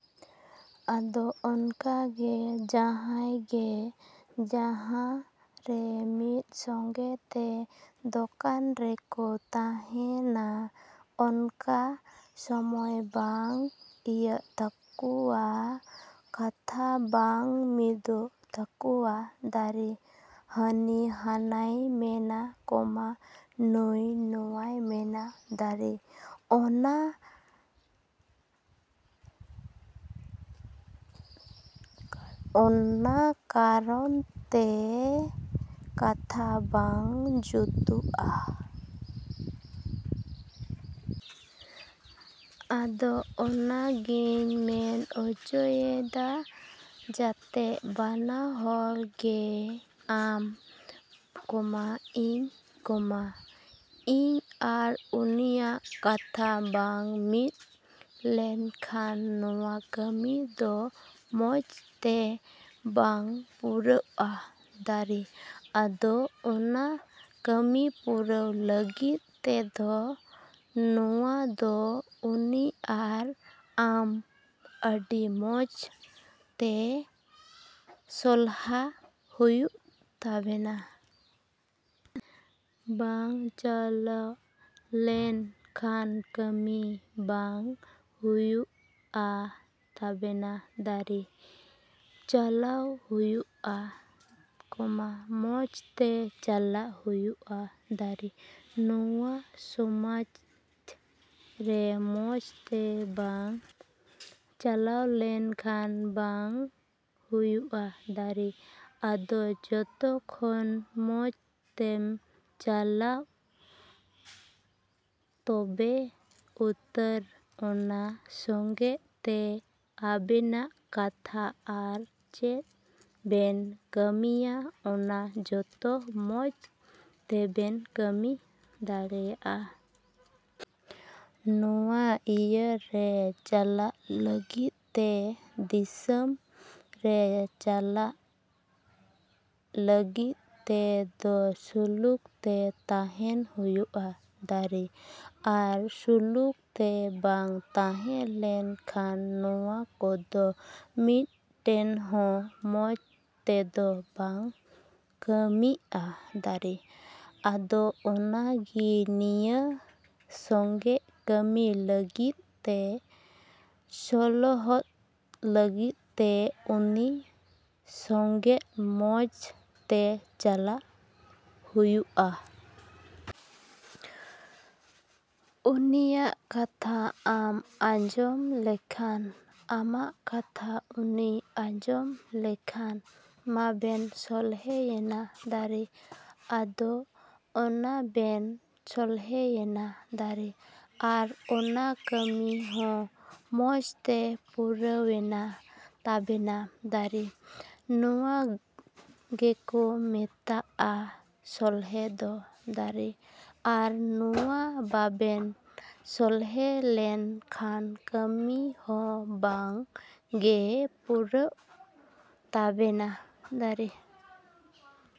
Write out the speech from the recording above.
ᱟᱫᱚ ᱚᱱᱟ ᱜᱮ ᱡᱟᱦᱟᱸᱭ ᱜᱮ ᱡᱟᱦᱟᱸ ᱨᱮ ᱢᱤᱫ ᱥᱚᱸᱜᱮ ᱛᱮ ᱫᱚᱠᱟᱱ ᱨᱮᱠᱚ ᱛᱟᱦᱮᱱᱟ ᱚᱱᱠᱟ ᱥᱚᱢᱚᱭ ᱵᱟᱝ ᱤᱭᱟᱹᱜ ᱛᱟᱠᱚᱣᱟ ᱠᱟᱛᱷᱟ ᱵᱟᱝ ᱢᱤᱫᱚᱜ ᱛᱟᱠᱚᱣᱟ᱾ ᱦᱟᱹᱱᱤ ᱦᱟᱱᱟᱭ ᱢᱮᱱᱟ, ᱱᱩᱭ ᱱᱚᱣᱟᱭ ᱢᱮᱱᱟ᱾ ᱚᱱᱠᱟᱱ ᱠᱟᱨᱚᱱᱟᱜ ᱛᱮ ᱠᱟᱛᱷᱟ ᱵᱟᱝ ᱡᱩᱛᱩᱜ-ᱟ᱾ ᱟᱫᱚ ᱚᱱᱟ ᱜᱤᱧ ᱢᱮᱱ ᱚᱪᱚᱭᱮᱫᱟ ᱡᱟᱛᱮ ᱵᱟᱱᱟ ᱦᱚᱲ ᱜᱮ ᱟᱢ, ᱤᱧ, ᱤᱧ ᱟᱨ ᱩᱱᱤᱭᱟᱜ ᱠᱟᱛᱷᱟ ᱵᱟᱝ ᱢᱤᱫ ᱞᱮᱱᱠᱷᱟᱱ ᱱᱚᱣᱟ ᱠᱟᱹᱢᱤ ᱫᱚ ᱢᱚᱡᱽ ᱛᱮ ᱵᱟᱝ ᱯᱩᱨᱟᱹᱜ-ᱟ᱾ ᱟᱫᱚ ᱚᱱᱟ ᱠᱟᱹᱢᱤ ᱯᱩᱨᱟᱹᱣ ᱞᱟᱹᱜᱤᱫ ᱛᱮᱫᱚ ᱱᱚᱣᱟ ᱫᱚ ᱩᱱᱤ ᱟᱨ ᱟᱢ ᱟᱹᱰᱤ ᱢᱚᱡᱽ ᱛᱮ ᱥᱚᱞᱦᱚᱜ ᱦᱩᱭᱩᱜ ᱛᱟᱵᱮᱱᱟ᱾ ᱵᱟᱝ ᱥᱚᱞᱦᱚ ᱞᱮᱱ ᱠᱷᱟᱱ ᱠᱟᱹᱢᱤ ᱵᱟᱝ ᱦᱩᱭᱩᱜᱚᱜ ᱛᱟᱵᱮᱱᱟ᱾ ᱥᱚᱞᱦᱚᱜ ᱦᱩᱭᱩᱜ-ᱟ, ᱢᱚᱡᱽ ᱛᱮ ᱪᱟᱞᱟᱜ ᱦᱩᱭᱩᱜ-ᱟ᱾ ᱱᱚᱣᱟ ᱥᱚᱢᱟᱡᱽ ᱨᱮ ᱢᱚᱡᱽ ᱛᱮ ᱵᱟᱢ ᱪᱟᱞᱟᱣ ᱞᱮᱱ ᱠᱷᱟᱱ ᱵᱟᱝ ᱦᱩᱭᱩᱜᱚᱜ-ᱟ᱾ ᱟᱫᱚ ᱡᱚᱠᱷᱚᱱ ᱢᱚᱡᱽ ᱛᱮᱢ ᱪᱟᱞᱟᱜ-ᱟ ᱛᱚᱵᱮ ᱩᱛᱟᱹᱨ ᱜᱮ ᱚᱱᱟ ᱥᱚᱸᱜᱮ ᱛᱮ ᱟᱵᱮᱱᱟᱜ ᱠᱟᱛᱷᱟ ᱟᱨ ᱪᱮᱫ ᱵᱮᱱ ᱠᱟᱹᱢᱤᱭᱟ ᱚᱱᱟ ᱡᱚᱛᱚ ᱢᱚᱡᱽ ᱛᱮᱵᱮᱱ ᱠᱟᱹᱢᱤ ᱫᱟᱲᱮᱭᱟᱜ-ᱟ᱾ ᱱᱚᱣᱟ ᱤᱭᱟᱹ ᱨᱮ ᱪᱟᱞᱟᱜ ᱞᱟᱹᱜᱤᱫ ᱛᱮ ᱫᱤᱥᱚᱢ ᱨᱮ ᱪᱟᱞᱟᱜ ᱞᱟᱹᱜᱤᱫ ᱛᱮᱫᱚ ᱥᱩᱞᱩᱠ ᱛᱮ ᱛᱟᱦᱮᱱ ᱦᱩᱭᱩᱜ-ᱟ᱾ ᱟᱨ ᱥᱩᱞᱩᱠ ᱛᱮ ᱵᱟᱝ ᱛᱟᱦᱮᱸᱞᱮᱱ ᱠᱷᱟᱱ ᱱᱚᱣᱟ ᱠᱚᱫᱚ ᱢᱤᱫᱴᱮᱱ ᱦᱚᱸ ᱢᱚᱡᱽ ᱛᱮᱫᱚ ᱵᱟᱝ ᱠᱟᱹᱢᱤᱜ-ᱟ᱾ ᱟᱫᱚ ᱚᱱᱟ ᱜᱮ ᱱᱤᱭᱟᱹ ᱥᱚᱸᱜᱮ ᱠᱟᱹᱢᱤ ᱞᱟᱹᱜᱤᱫ ᱛᱮ ᱥᱚᱞᱦᱚᱫᱚᱜ ᱞᱟᱹᱜᱤᱫ ᱛᱮ ᱩᱱᱤ ᱥᱚᱸᱜᱮ ᱢᱚᱡᱽ ᱛᱮ ᱪᱟᱞᱟᱜ ᱦᱩᱭᱩᱜ-ᱟ᱾ ᱩᱱᱤᱭᱟᱜ ᱠᱟᱛᱷᱟ ᱟᱢᱮᱢ ᱟᱸᱡᱚᱢ ᱞᱮᱠᱷᱟᱱ ᱟᱢᱟᱜ ᱠᱟᱛᱷᱟ ᱩᱱᱤᱭ ᱟᱸᱡᱚᱢ ᱞᱮᱠᱷᱟᱱ ᱢᱟᱵᱮᱱ ᱥᱚᱞᱦᱮᱭᱮᱱ᱾ ᱟᱫᱚ ᱚᱱᱮ ᱵᱮᱱ ᱥᱚᱞᱦᱮᱭᱮᱱᱟ᱾ ᱟᱨ ᱚᱱᱟ ᱠᱟᱹᱢᱤ ᱦᱚᱸ ᱢᱚᱡᱽ ᱛᱮ ᱯᱩᱨᱟᱹᱣᱮᱱ ᱛᱟᱵᱮᱱᱟ᱾ ᱱᱚᱣᱟ ᱜᱮᱠᱚ ᱢᱮᱛᱟᱜ-ᱟ ᱥᱚᱞᱦᱮ ᱫᱚ᱾ ᱟᱨ ᱱᱚᱣᱟ ᱵᱟᱵᱮᱱ ᱥᱚᱞᱦᱮ ᱞᱮᱱ ᱠᱷᱟᱱ ᱠᱟᱹᱢᱤ ᱦᱚᱸ ᱵᱟᱝ ᱜᱮ ᱯᱩᱨᱟᱹᱜ ᱛᱟᱵᱮᱱᱟ᱾